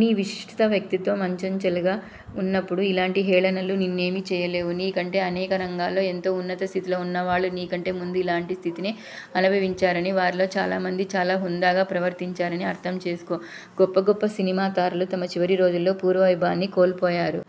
నీ విశిష్ట వ్యక్తిత్వం అచంచలంగా వున్నప్పుడు, ఇలాంటి హేళనలు నిన్నేమీ చేయలేవు. నీకంటే అనేకరంగాల్లో ఎంతో ఉన్నతస్థితిలో వున్నవాళ్ళు నీకంటే ముందు ఇలాంటి స్థితినే అనుభవించారనీ, వారిలో చాలామంది చాలా హుందాగా ప్రవర్తించారనీ అర్ధంచేసుకో. గొప్ప గొప్ప సినిమాతారలు తమ చివరి రోజుల్లో పూర్వవైభవాన్ని కోల్పోయారు.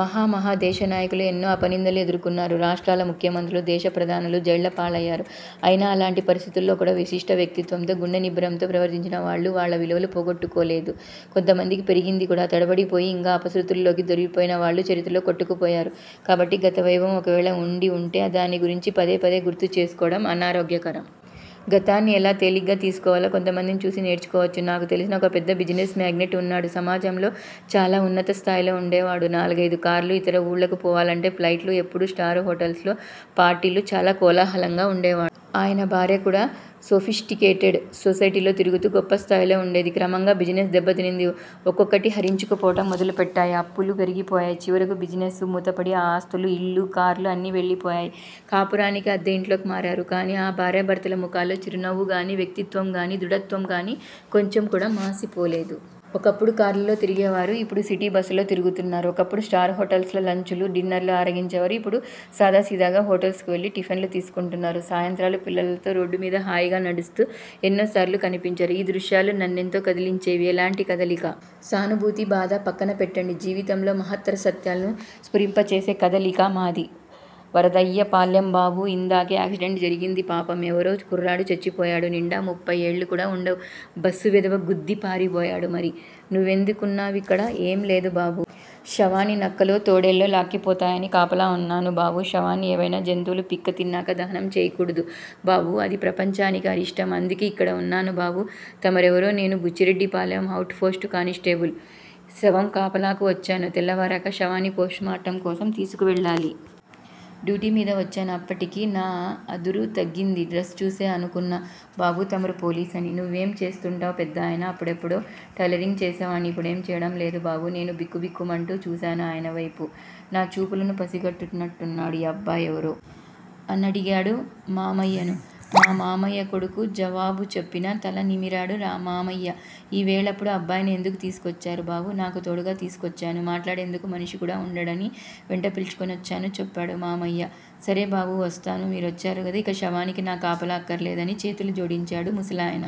మహా మహా దేశనాయకులు ఎన్నో అపనిందలను ఎదుర్కొన్నారు. రాష్ట్రాల ముఖ్య మంత్రులు, దేశప్రధానులు జైళ్ళపాలయ్యారు. అయినా అలాంటి పరిస్థితులలోకూడా విశిష్ట వ్యక్తిత్వంతో, గుండెనిబ్బరంతో ప్రవర్తించిన వాళ్ళు, వాళ్ళ విలువలను పోగొట్టు కోలేదు. కొంతమందికి పెరిగింది కూడా. తడబడిపోయి ఇంకా అపశ్రుతులలోకి దొర్లిపోయినవాళ్ళు చరిత్రలో కొట్టుకుపోయారు. కాబట్టి గతవైభవం ఒకవేళ వుండి వుంటే దాన్నిగురించి పదేపదే గుర్తుచేసుకోవటం అనారోగ్యకరం. గతాన్ని ఎలా తేలిగ్గా తీసుకోవాలో కొంతమందిని చూసి నేర్చుకోవచ్చు. నాకు తెలిసిన ఒక పెద్ద బిజినెస్ మేగ్నెట్ వున్నాడు. సమాజంలో చాలా ఉన్నత స్థాయిలో వుండేవాడు. నాలుగైదు కార్లు, ఇతర ఊళ్ళకు పోవాలంటే ఫ్లైట్లు ఎప్పుడూ స్టార్ హోటల్స్ లో పార్టీలు, చాలా కోలాహలంగా వుండేవాడు. ఆయన భార్య కూడా సోఫిస్టికేటెడ్ సొసైటీలో తిరుగుతూ గొప్పస్థాయిలో వుండేది. క్రమంగా బిజినెస్ దెబ్బతింది. ఒకటొక్కటీ హరించుకుపోవటం మొదలుపెట్టాయి. అప్పులు పెరిగిపోయాయి. చివరకు బిజినెస్ మూతపడి, ఆ ఆస్తులూ, ఇళ్ళూ, కార్లూ అన్నీ వెళ్ళిపోయాయి. కాపురానికి అద్దెఇంట్లోకి మారారు. కాని ఆ భార్యాభర్తల ముఖాల్లో చిరునవ్వుగానీ, వ్యక్తిత్వం గానీ, దృఢత్వంగానీ కొంచెంకూడా మాసిపోలేదు. ఒకప్పుడు కార్లలో తిరిగేవారు. ఇప్పుడు సిటీబస్సులలో తిరుగుతున్నారు. ఒకప్పుడు స్టార్ హోటల్స్ లో లంచ్ లూ, డిన్నర్లూ ఆరగించేవారు. ఇప్పుడు సాదాసీదాగా హోటల్స్ కు వెళ్ళి టిఫిన్లు తీసుకుంటున్నారు. సాయంత్రాలు పిల్లలతో రోడ్డుమీద హాయిగా నడుస్తూ ఎన్నోసార్లు కనిపించారు. ఈ దృశ్యాలు నన్నెంతో కదిలించేవి. ఎలాంటి కదలిక? సానుభూతీ, బాధా పక్కన పెట్టండి. జీవితంలో మహత్తర సత్యాలను స్ఫురింపచేసే 'కదలిక'. మాది వరదయ్యపాలెం బాబూ! ఇందాకే యాక్సిడెంట్ జరిగింది పాపం ఎవరో కుర్రాడు చచ్చిపోయాడు. నిండా ముప్పై ఏళ్ళు కూడా వుండవు. బస్సు వెధవ గుద్ది పారిపోయాడు. మరి నువ్వెందుకున్నావిక్కడ? ఏం లేదు బాబూ. శవాన్ని నక్కలో, తోడేళ్లో లాక్కుపోతాయని కాపలా వున్నాను బాబూ. శవాన్ని ఏవైనా జంతువులు పీక్కుతిన్నాక దహనం చేయకూడదు బాబూ. అది ప్రపంచానికి అరిష్టం. అందుకే ఇక్కడ వున్నాను బాబూ. తమరెవరు? నేను బుచ్చిరెడ్డిపాలెం ఔట్ పోస్ట్ కానిస్టేబుల్ ని. శవం కాపలాకు వచ్చాను. తెల్లవారాక శవాన్ని పోస్ట్ మార్టం కోసం తీసుకెళ్ళాలి. డ్యూటీమీద వచ్చాను అప్పటికి నా అదురు తగ్గింది. డ్రస్ చూసే అనుకున్నా బాబూ తమరు పోలీసని. నువ్వేం చేస్తుంటావ్ పెద్దాయనా? అప్పుడెప్పుడో టైలరింగ్ చేసేవాడ్ని. ఇప్పుడేం చేయడం లేదు బాబూ. నేను బిక్కు బిక్కుమంటూ చూశాను ఆయనవేపు. నా చూపులను పసిగట్టినట్టున్నాడు ఈ అబ్బాయ్ ఎవరు? అనడిగాడు మామయ్యను. మా మామయ్య కొడుకు జవాబు చెప్పినా తల నిమిరాడు మామయ్య. ఈ వేళప్పుడు అబ్బాయిని ఎందుకు తీసుకొచ్చారు బాబూ? నాకు తోడుగా తీసుకొచ్చాను. మాట్లాడేందుకు మనిషి కూడా వుండడని వెంట పిలుచుకొచ్చాను చెప్పాడు మామయ్య. సరే బాబూ! వస్తాను. మీరొచ్చారు గదా. ఇక శవానికి నా కాపలా అక్కర్లేదు అని చేతులు జోడించాడు ముసలాయన.